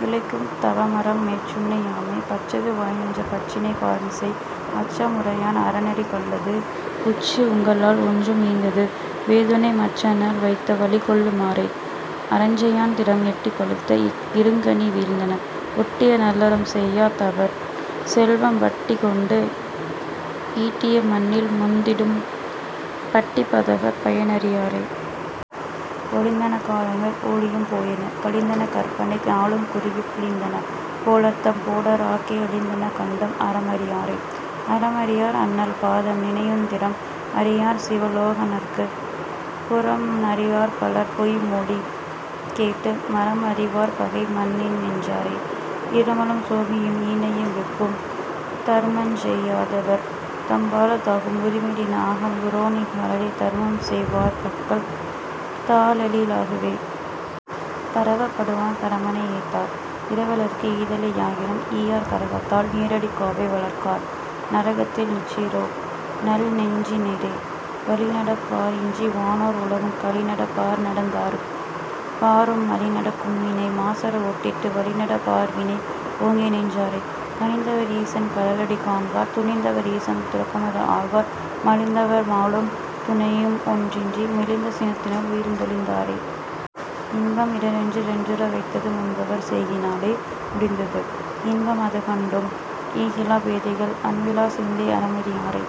விளைக்கும் தவமறம் மேற்றுணை யாமே. பற்றது வாய்நின்ற பற்றினைப் பார்மிசை அற்றம் உரையான் அறநெறிக் கல்லது உற்று உங்களால் ஒன்றும் ஈந்தது வேதுணை மற்றண்ணல் வைத்த வழிகொள்ளு மாறே... அறஞ்செயான் திறம் எட்டி பழுத்த இருங்கனி வீழ்ந்தன ஒட்டிய நல்லறம் செய்யா தவர்செல்வம் வட்டிகொணடு ஈட்டியே மண்ணில் முந்திடும் பட்டிப் பதகர் பயன்அறி யாரே. ஒழிந்தன காலங்கள் ஊழியும் போயின கழிந்தன கற்பனை நாளுங் குறுகிப் பிழிந்தன போலத்தம் போடர் ஆக்கை அழிந்தன கண்டும் அறம்அறி யாரே. அறம்அறி யார்அண்ணல் பாதம் நினையுந் திறம்அறி யார்சிவ லோக நகர்க்குப் புறம்அறி யார்பலர் பொய்மொழி கேட்டு மறம்அறி வார்பகை மன்னிநின் றாரே. இருமலும் சோகையும் ஈளையும் வெப்பும் தருமஞ்செய் யாதவர் தம்பால தாகும் உருமிடி நாகம் உரோணி கழலை தருமம்செய் வார்பக்கல் தாழகி லாவே. பரவப் படுவான் பரமனை ஏத்தார் இரவலர்க்கு ஈதலை யாயினும் ஈயார் கரகத்தால் நீராட்டிக் காவை வளர்க்கார் நரகத்தில் நிற்றிரோ நல்நெஞ்சி னீரே. வழிநடப் பாரின்றி வானோர் உலகம் கழிநடப் பார்நடந் தார்காருப் பாரும் மழிநடக் கும்வினை மாசற ஓட்டிட்டு வழிநடப் பார்வினை ஓங்கிநின் றாரே. கனிந்தவர் ஈசன் கழலடி காண்பர் துணிந்தவர் ஈசன் துறக்கமது ஆள்வர் மலிந்தவர் மாளும் துணையும்ஒன் றின்றி மெலிந்த சினத்தினுள் வீழ்ந்தொழிந் தாரே. இன்பம் இடரென்று இரண்டுற வைத்தது முன்பவர் செய்கையி னாலே முடிந்தது இன்பம் அதுகண்டும் ஈகிலாப் பேதைகள் அன்பிலார் சிந்தை அறமறி யாரே.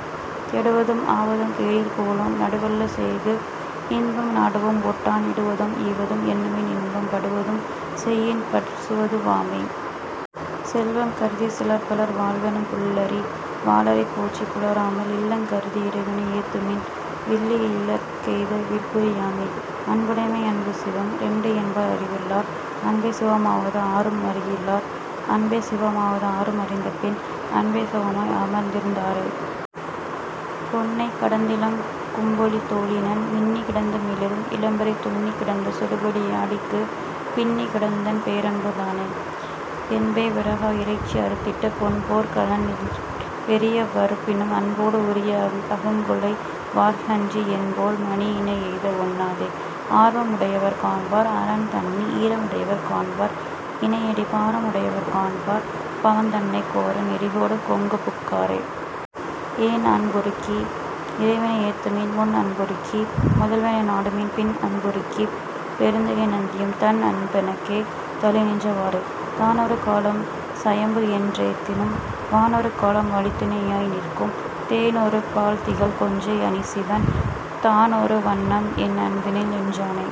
கெடுவதும் ஆவதும் கேடில் புகழோன் நடுவல்ல செய்து இன்பம் நாடவும் ஒட்டான் இடுவதும் ஈவதும் எண்ணுமின் இன்பம் படுவது செய்யின் பசுவது வாமே. செல்வம் கருதிச் சிலர்பலர் வாழ்வெனும் புல்லறி வாளரைப் போற்றிப் புலராமல் இல்லங் கருதி இறைவனை ஏத்துமின் வில்லி இலக்கெய்த விற்குறி யாமே... அன்புடைமை அன்பு சிவம் இரண்டு என்பர் அறிவிலார் அன்பே சிவமாவது ஆரும் அறிகிலார் அன்பே சிவமாவது ஆரும் அறிந்தபின் அன்பே சிவமாய் அமர்ந்திருந் தாரே. பொன்னைக் கடந்திலங் கும்புலித் தோலினன் மின்னிக் கிடந்து மிளிரும் இளம்பிறை துன்னிக் கிடந்த சுடுபொடி யாடிக்குப் பின்னிக் கிடந்ததென் பேரன்பு தானே. என்பே விறகா இறைச்சி அறுத்திட்டுப் பொன்போற் கனலிற் பெரிய வறுப்பினும் அன்போடு உருகி அகங்குழை வார்க்கன்றி என்போல் மணியினை எய்தஒண் ணாதே. ஆர்வம் உடையவர் காண்பார் அரன்தன்னை ஈரம் உடையவர் காண்பார் இணையடி பாரம் உடையவர் காண்பார் பவந்தன்னைக் கோர நெறிகொடு கொங்குபுக் காரே. என்அன் புருக்கி இறைவனை ஏத்துமின் முன்அன் புருக்கி முதல்வனை நாடுமின் பின்அன் புருக்கிப் பெருந்தகை நந்தியும் தன்அன் பெனக்கே தலைநின்ற வாறே. தானொரு காலம் சயம்பு என் றேத்தினும் வானொரு காலம் வழித்துணை யாய்நிற்கும் தேனொரு பால்திகழ் கொன்றை அணிசிவன் தானொரு வண்ணம்என் அன்பில்நின் றானே.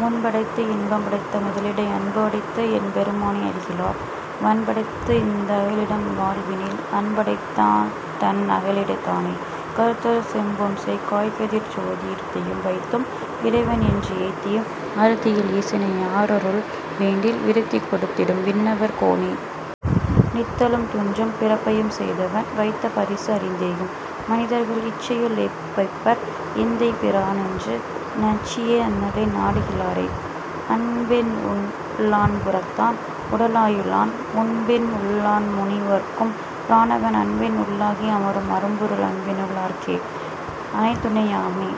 முன்படைத்து இன்பம் படைத்த முதலிடை அன்புஅடைத்து எம்பெரு மானை அறிகிலார் வன்படைத்து இந்த அகலிடம் வாழ்வினில் அன்புஅடைத் தான்தன் அகலிடத் தானே. கருத்துறு செம்பொன்செய் காய்கதிர்ச் சோதி இருத்தியும் வைத்தும் இறைவன் என்று ஏத்தியும் அருத்தியுள் ஈசனை யாரருள் வேண்டில் விருத்தி கொடுத்திடும் விண்ணவர் கோனே. நித்தலும் துஞ்சும் பிறப்பையும் செய்தவன் வைத்த பரிசு அறிந் தேயும் மனிதர்கள் இச்சையு ளேவைப்பர் எந்தை பிரானென்று நச்சியே அண்ணலை நாடுகி லாரே. அன்பின் உள் ளான்புறத்தான் உட லாயுளான் முன்பின்உள் ளான்முனி வர்க்கும் பிரானவன் அன்பின்உள் ளாகி அமரும் அரும்பொருள் அன்பினுள் ளார்க்கே அணைதுணை யாமே...